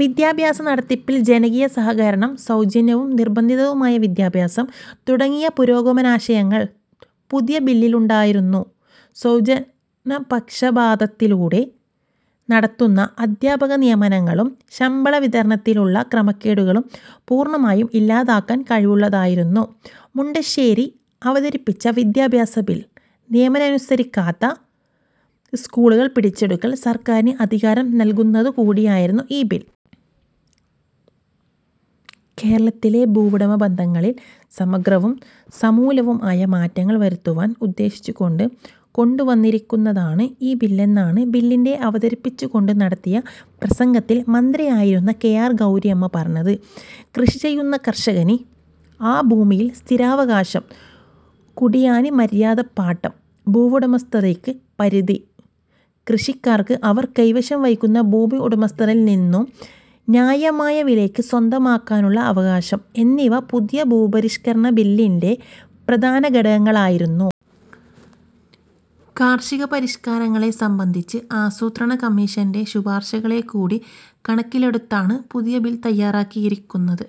വിദ്യാഭ്യാസ നടത്തിപ്പിൽ ജനകീയ സഹകരണം, സൗജന്യവും നിർബന്ധിതവുമായ വിദ്യാഭ്യാസം തുടങ്ങിയ പുരോഗമനാശയങ്ങൾ പുതിയ ബില്ലിലുണ്ടായിരുന്നു. സ്വജനപക്ഷപാതത്തിലൂടെ നടത്തുന്ന അദ്ധ്യാപകനിയമനങ്ങളും, ശമ്പള വിതരണത്തിലുള്ള ക്രമക്കേടുകളും പൂർണ്ണമായും ഇല്ലാതാക്കാൻ കഴിവുള്ളതായിരുന്നു മുണ്ടശ്ശേരി അവതരിപ്പിച്ച വിദ്യാഭ്യാസ ബിൽ. നിയമമനുസരിക്കാത്ത സ്കൂളുകൾ പിടിച്ചെടുക്കാൻ സർക്കാരിന് അധികാരം നൽകുന്നതു കൂടിയായിരുന്നു ഈ ബിൽ. കേരളത്തിലെ ഭൂവുടമ ബന്ധങ്ങളിൽ സമഗ്രവും, സമൂലവും ആയ മാറ്റങ്ങൾ വരുത്തുവാൻ ഉദ്ദേശിച്ചുകൊണ്ട് കൊണ്ടുവന്നിരിക്കുന്നതാണ് ഈ ബില്ലെന്നാണ് ബില്ലിന്റെ അവതരിപ്പിച്ചുകൊണ്ട് നടത്തിയ പ്രസംഗത്തിൽ മന്ത്രിയായിരുന്ന കെ. ആർ. ഗൗരിയമ്മ പറഞ്ഞത്. കൃഷി ചെയ്യുന്ന കർഷകന് ആ ഭൂമിയിൽ സ്ഥിരാവകാശം, കുടിയാന് മര്യാദപ്പാട്ടം, ഭൂവുടമസ്ഥതയ്ക്ക് പരിധി, കൃഷിക്കാർക്ക് അവർ കൈവശം വയ്ക്കുന്ന ഭൂമി ഉടമസ്ഥനിൽ നിന്നും ന്യായമായ വിലയ്ക്ക് സ്വന്തമാക്കാനുള്ള അവകാശം എന്നിവ പുതിയ ഭൂരിപഷ്കരണബില്ലിന്റെ പ്രധാന ഘടകങ്ങളായിരുന്നു. കാർഷിക പരിഷ്കാരങ്ങളെ സംബന്ധിച്ച് ആസൂത്രണ കമ്മീഷന്റെ ശുപാർശകളെകൂടി കണക്കിലെടുത്താണ് പുതിയ ബിൽ തയ്യാറാക്കിയിരിക്കുന്നത്.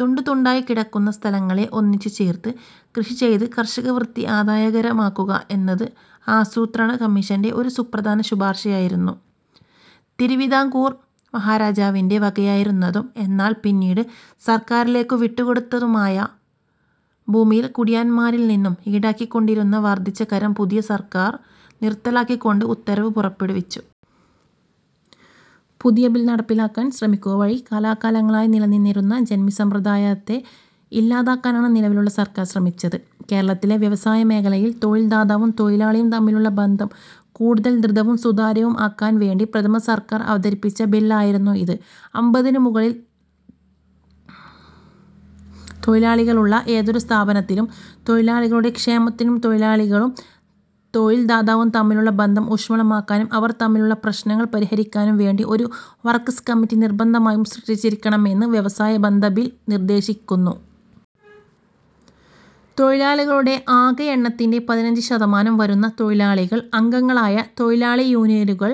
തുണ്ടു തുണ്ടായി കിടക്കുന്ന സ്ഥലങ്ങളെ ഒന്നിച്ചുചേർത്ത് കൃഷിചെയ്ത് കർഷകവൃത്തി ആദായകരമാക്കുക എന്നത് ആസൂത്രണ കമ്മീഷന്റെ ഒരു സുപ്രധാന ശുപാർശയായിരുന്നു. തിരുവിതാംകൂർ മഹാരാജാവിന്റെ വകയായിരുന്നതും എന്നാൽ പിന്നീട് സർക്കാരിലേക്കു വിട്ടുകൊടുത്തതുമായ ഭൂമിയിൽ കുടിയാന്മാരിൽ നിന്നും ഈടാക്കിക്കൊണ്ടിരുന്ന വർദ്ധിച്ച കരം പുതിയ സർക്കാർ നിറുത്തലാക്കിക്കൊണ്ട് ഉത്തരവ് പുറപ്പെടുവിച്ചു. പുതിയ ബിൽ നടപ്പിലാക്കാൻ ശ്രമിക്കുക വഴി കാലാകാലങ്ങളായി നിലനിന്നിരുന്ന ജന്മി സമ്പ്രദായത്തെ ഇല്ലാതാക്കാനാണ് നിലവിലുള്ള സർക്കാർ ശ്രമിച്ചത്. കേരളത്തിലെ വ്യവസായമേഖലയിൽ തൊഴിൽ ദാതാവും, തൊഴിലാളിയും തമ്മിലുള്ള ബന്ധം കൂടുതൽ ദൃഢവും, സുതാര്യവും ആക്കാൻ വേണ്ടി പ്രഥമ സർക്കാർ അവതരിപ്പിച്ച ബിൽ ആയിരുന്നു ഇത്. അമ്പതിനു മുകളിൽ തൊഴിലാളികളുള്ള ഏതൊരു സ്ഥാപനത്തിലും, തൊഴിലാളികളുടെ ക്ഷേമത്തിനു, തൊഴിലാളികളും, തൊഴിൽ ദാതാവും തമ്മിലുള്ള ബന്ധം ഊഷ്മളമാക്കാനും, അവർ തമ്മിലുള്ള പ്രശ്നങ്ങൾ പരിഹരിക്കാനും വേണ്ടി ഒരു വർക്സ് കമ്മിറ്റി നിർബന്ധമായും സൃഷ്ടിച്ചിരിക്കണമെന്ന് വ്യവസായ ബന്ധ ബിൽ നിർദ്ദേശിക്കുന്നു. തൊഴിലാളികളുടെ ആകെ എണ്ണത്തിന്റെ പതിനഞ്ച് ശതമാനം വരുന്ന തൊഴിലാളികൾ അംഗങ്ങളായ തൊഴിലാളി യൂണിയനുകൾ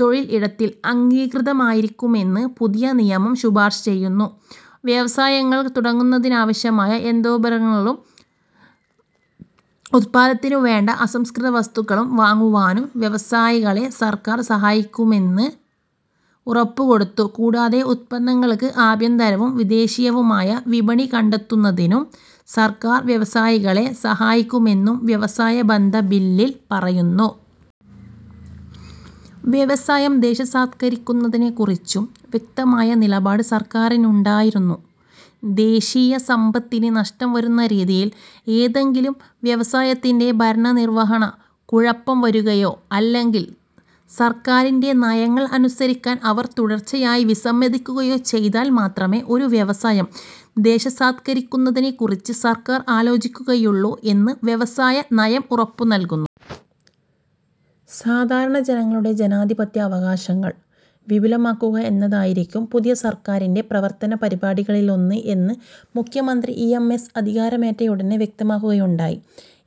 തൊഴിൽ ഇടത്തിൽ അംഗീകൃതമായിരിക്കുമെന്ന് പുതിയ നിയമം ശുപാർശ ചെയ്യുന്നു. വ്യവസായങ്ങൾ തുടങ്ങുന്നതിനാവശ്യമായ യന്ത്രോപകരണങ്ങളും, ഉത്പാദനത്തിനുവേണ്ട അസംസ്കൃതവസ്തുക്കളും വാങ്ങുവാനും വ്യവസായികളെ സർക്കാർ സഹായിക്കുന്നമെന്ന് ഉറപ്പുകൊടുത്തു. കൂടാതെ, ഉത്പന്നങ്ങൾക്ക് ആഭ്യന്തരവും, വിദേശീയവുമായ വിപണി കണ്ടെത്തുന്നതിനും സർക്കാർ വ്യവസായികളെ സഹായിക്കുമെന്നും വ്യവസായ ബന്ധ ബില്ലിൽ പറയുന്നു. വ്യവസായം ദേശസാത്കരിക്കുന്നതിനെക്കുറിച്ചും വ്യക്തമായ നിലപാട് സർക്കാരിനുണ്ടായിരുന്നു. ദേശീയ സമ്പത്തിന് നഷ്ടം വരുന്ന രീതിയിൽ ഏതെങ്കിലും വ്യവസായത്തിന്റെ ഭരണനിർവ്വഹണത്തിൽ കുഴപ്പം വരുകയോ, അല്ലെങ്കിൽ സർക്കാരിന്റെ നയങ്ങൾ അനുസരിക്കാൻ അവർ തുടർച്ചയായി വിസമ്മതിക്കുകയോ ചെയ്താൽ മാത്രമേ ഒരു വ്യവസായം ദേശസാത്കരിക്കുന്നതിനെക്കുറിച്ച് സർക്കാർ ആലോചിക്കുകയുള്ളു എന്ന് വ്യവസായ നയം ഉറപ്പു നൽകുന്നു. സാധാരണ ജനങ്ങളുടെ ജനാധിപത്യ അവകാശങ്ങൾ വിപുലമാക്കുക എന്നതായിരിക്കും പുതിയ സർക്കാരിന്റെ പ്രവർത്തന പരിപാടികളിലൊന്ന് എന്ന് മുഖ്യമന്ത്രി ഇ. എം. എസ്സ് അധികാരമേറ്റയുടനെ വ്യക്തമാക്കുകയുണ്ടായി.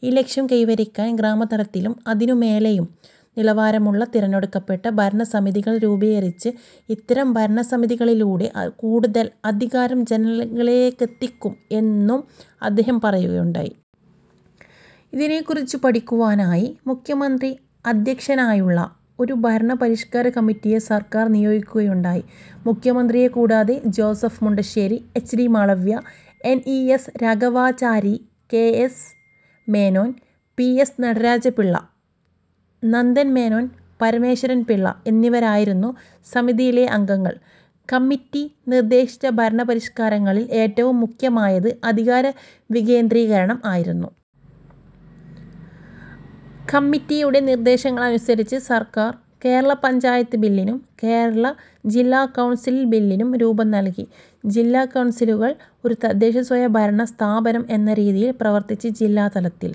ഈ ലക്ഷ്യം കൈവരിക്കാൻ ഗ്രാമതലത്തിലും, അതിനുമേലെയും നിലവാരമുള്ള തിരഞ്ഞെടുക്കപ്പെട്ട ഭരണസമിതികൾ രൂപീകരിച്ച്, ഇത്തരം ഭരണസമിതികളിലൂടെ കൂടുതൽ അധികാരം ജനങ്ങളിലേക്കെത്തിക്കും എന്നും അദ്ദേഹം പറയുകയുണ്ടായി. ഇതിനെക്കുറിച്ചു പഠിക്കുവാനായി മുഖ്യമന്ത്രി അദ്ധ്യക്ഷനായുള്ള ഒരു ഭരണപരിഷ്കാര കമ്മിറ്റിയെ സർക്കാർ നിയോഗിക്കുകയുണ്ടായി. മുഖ്യമന്ത്രിയെക്കൂടാതെ Joseph Mundassery, H. D. Malaviya, N. E. S. Raghavachari, K. S. Menon, P. S. Nataraja Pillai, Nandan Menon, Parameswaran Pillai എന്നിവരായിരുന്നു സമിതിയിലെ അംഗങ്ങൾ. കമ്മിറ്റി നിർദ്ദേശിച്ച ഭരണപരിഷ്കാരങ്ങളിൽ ഏറ്റവും മുഖ്യമായത് അധികാര വികേന്ദ്രീകരണം ആയിരുന്നു. കമ്മിറ്റിയുടെ നിർദ്ദേശങ്ങളനുസരിച്ച് സർക്കാർ, കേരള പഞ്ചായത്ത് ബില്ലിനും, കേരള ജില്ലാ കൗൺസിൽ ബില്ലിനും രൂപം നൽകി. ജില്ലാ കൗൺസിലുകൾ ഒരു തദ്ദേശസ്വയം ഭരണ സ്ഥാപനം എന്ന രീതിയിൽ പ്രവർത്തിച്ച് ജില്ലാ തലത്തിൽ